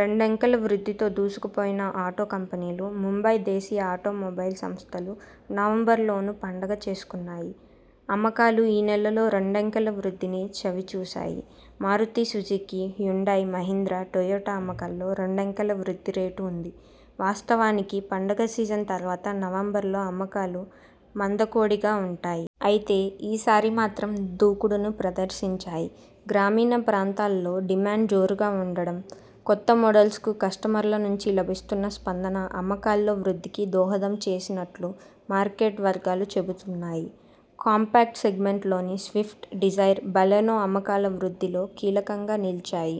రెండంకెల వృద్ధితో దూసుకుపోయిన auto కంపెనీలు ముంబై దేశీయ automobile సంస్థలు నవంబరు లోనూ పండగ చేసుకున్నాయి. అమ్మకాలు ఈ నెలలో రెండంకెల వృద్ధిని చవి చూశాయి. Maruti Suzuki, Hyundai, Mahindra, Toyota అమ్మకాల్లో రెండంకెల వృద్ధి రేటు ఉంది. వాస్తవానికి పండగ సీజన్ తర్వాత నవంబరులో అమ్మకాలు మందకొడిగా ఉంటాయి. అయితే ఈ సారి మాత్రం దూకుడును ప్రదర్శించాయి. గ్రామీణ ప్రాంతాల్లో డిమాండ్ జోరుగా ఉండటం, కొత్త మోడల్స్కు కస్టమర్ల నుంచి లభిస్తున్న స్పందన అమ్మకాల్లో వృద్ధికి దోహదం చేసినట్టు మార్కెట్ వర్గాలు చెబుతున్నాయి. కాంపాక్ట్ సెగ్మెంట్లోని స్విఫ్ట్, డిజైర్, బాలెనో అమ్మకాల వృద్ధిలో కీలకంగా నిలిచాయి.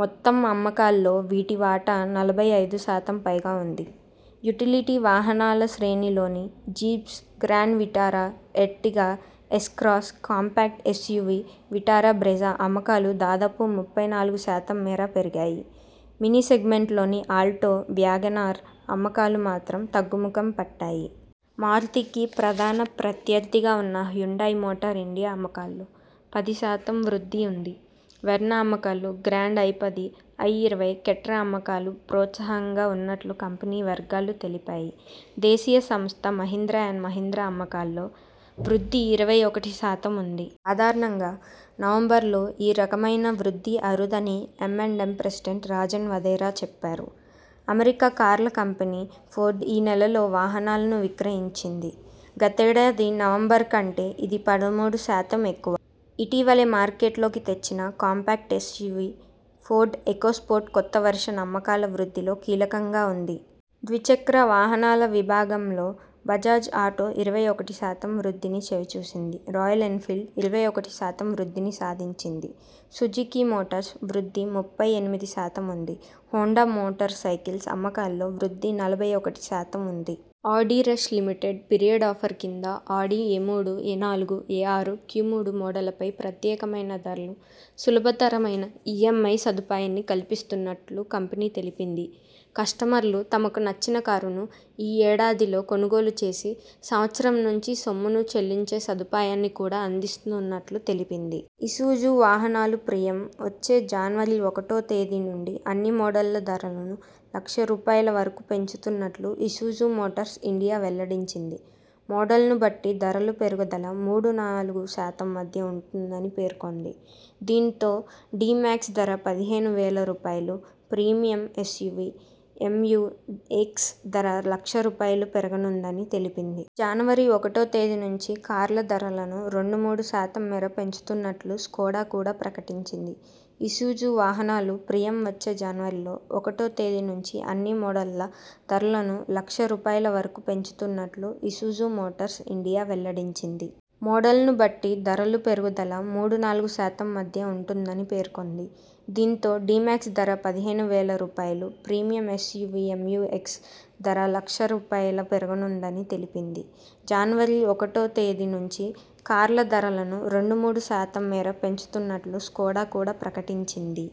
మొత్తం అమ్మకాల్లో వీటి వాటా నలభై ఐదు శాతం పైగా ఉంది. యుటిలిటీ వాహనాల శ్రేణిలోని Gypsy, Grand Vitara, Ertiga, S Cross, compact SUV Vitara Brezza అమ్మకాలు దాదాపు ముప్పై నాలుగు శాతం మేర పెరిగాయి. మినీ సెగ్మెంట్లోని ఆల్టో, వ్యాగన్ ఆర్ అమ్మకాలు మాత్రం తగ్గుముఖం పట్టాయి. మారుతికి ప్రధాన ప్రత్యర్థిగా ఉన్న హ్యుండయ్ మోటార్ ఇండియా అమ్మకాల్లో పది శాతం వృద్ధి ఉంది. వెర్నా అమ్మకాలు, గ్రాండ్ ఐపది, ఐఇరవై, కెట్రా అమ్మకాలు ప్రోత్సాహకరంగా ఉన్నట్టు కంపెనీ వర్గాలు తెలిపాయి. దేశీయ సంస్థ మహీంద్రా అండ్ మహీంద్రా అమ్మకాల్లో వృద్ధి ఇరవై ఒకటి శాతం ఉంది. సాధారణంగా నవంబరులో ఈ రకమైన వృద్ధి అరుదని M and M president Rajan Wadhera చెప్పారు. అమెరికా కార్ల కంపెనీ ఫోర్డ్ ఈ నెలలో వాహనాలను విక్రయించింది. గతేడాది నవంబరు కంటే ఇది పదమూడు శాతం ఎక్కువ. ఇటీవలే మార్కెట్లోకి తెచ్చిన కాంపాక్ట్ ఎస్యువి ఫోర్డ్ ఎకోస్పోర్ట్ కొత్త వెర్షన్ అమ్మకాల వృద్ధిలో కీలకంగా ఉంది. ద్విచక్ర వాహనాల విభాగంలో బజాజ్ ఆటో ఇరవై ఒకటి శాతం, వృద్ధిని చవి చూసింది. రాయల్ ఎన్ఫీల్డ్ ఇరవై ఒకటి శాతం వృద్ధిని సాధించింది. సుజుకీ మోటార్స్ వృద్ధి ముప్పై ఎనిమిది శాతం ఉంది. హోండా మోటార్ సైకిల్స్ అమ్మకాల్లో వృద్ధి నలభై ఒకటి శాతం ఉంది. ఆడిరష్ లిమిటెడ్ పీరియడ్ ఆఫర్ కింద ఆడి ఎమూడు, ఎనాలుగు, ఎఆరు, క్యుమూడు మోడళ్లపై ప్రత్యేకమైన ధరలు, సులభ తరమైన ఈ‌ఎం‌ఐ సదుపాయాన్ని కల్పిస్తున్నట్టు కంపెనీ తెలిపింది. కస్టమర్లు తమకు నచ్చిన కారును ఈ ఏడాదిలో కొనుగోలు చేసి సంవత్సరం నుంచి సొమ్మును చెల్లించే సదుపాయాన్ని కూడా అందిస్తున్నట్లు తెలిపింది. ఇసుజు వాహనాలు ప్రియం వచ్చే జనవరి ఒకటో తేదీ నుంచి అన్ని మోడళ్ల ధరలను లక్ష రూపాయల వరకు పెంచుతున్నట్టు ఇసుజు మోటార్స్ ఇండియా వెల్లడించింది. మోడల్ను బట్టి ధరల పెరుగుదల మూడు నాలుగు శాతం మధ్య ఉంటుందని పేర్కొంది. దీంతో డి మాక్స్ ధర పదిహేను వేల రూపాయలు, ప్రీమియం ఎస్యువి ఎంయు ఎక్స్ ధర లక్ష రూపాయలు పెరగనుందని తెలిపింది. జనవరి ఒకటో తేదీ నుంచి కార్ల ధరలను రెండు మూడు శాతం మేర పెంచుతున్నట్టు స్కోడా కూడా ప్రకటించింది. ఇసుజు వాహనాలు ప్రియం వచ్చే జనవరి ఒకటో తేదీ నుంచి అన్ని మోడళ్ల ధరలను లక్ష రూపాయల వరకు పెంచుతున్నట్టు ఇసుజు మోటార్స్ ఇండియా వెల్లడించింది. మోడల్ ను బట్టి ధరల పెరుగుదల మూడు నాలుగు శాతం మధ్య ఉంటుందని పేర్కొంది. దీంతో డి మాక్స్ ధర పదిహేను వేల రూపాయలు, ప్రీమియం ఎస్యువి ఎంయు ఎక్స్ ధర లక్ష రూపాయలు పెరగనుందని తెలిపింది. జనవరి ఒకటో తేదీ నుంచి కార్ల ధరలను రెండు మూడు శాతం మేర పెంచుతున్నట్టు స్కోడా కూడా ప్రకటించింది.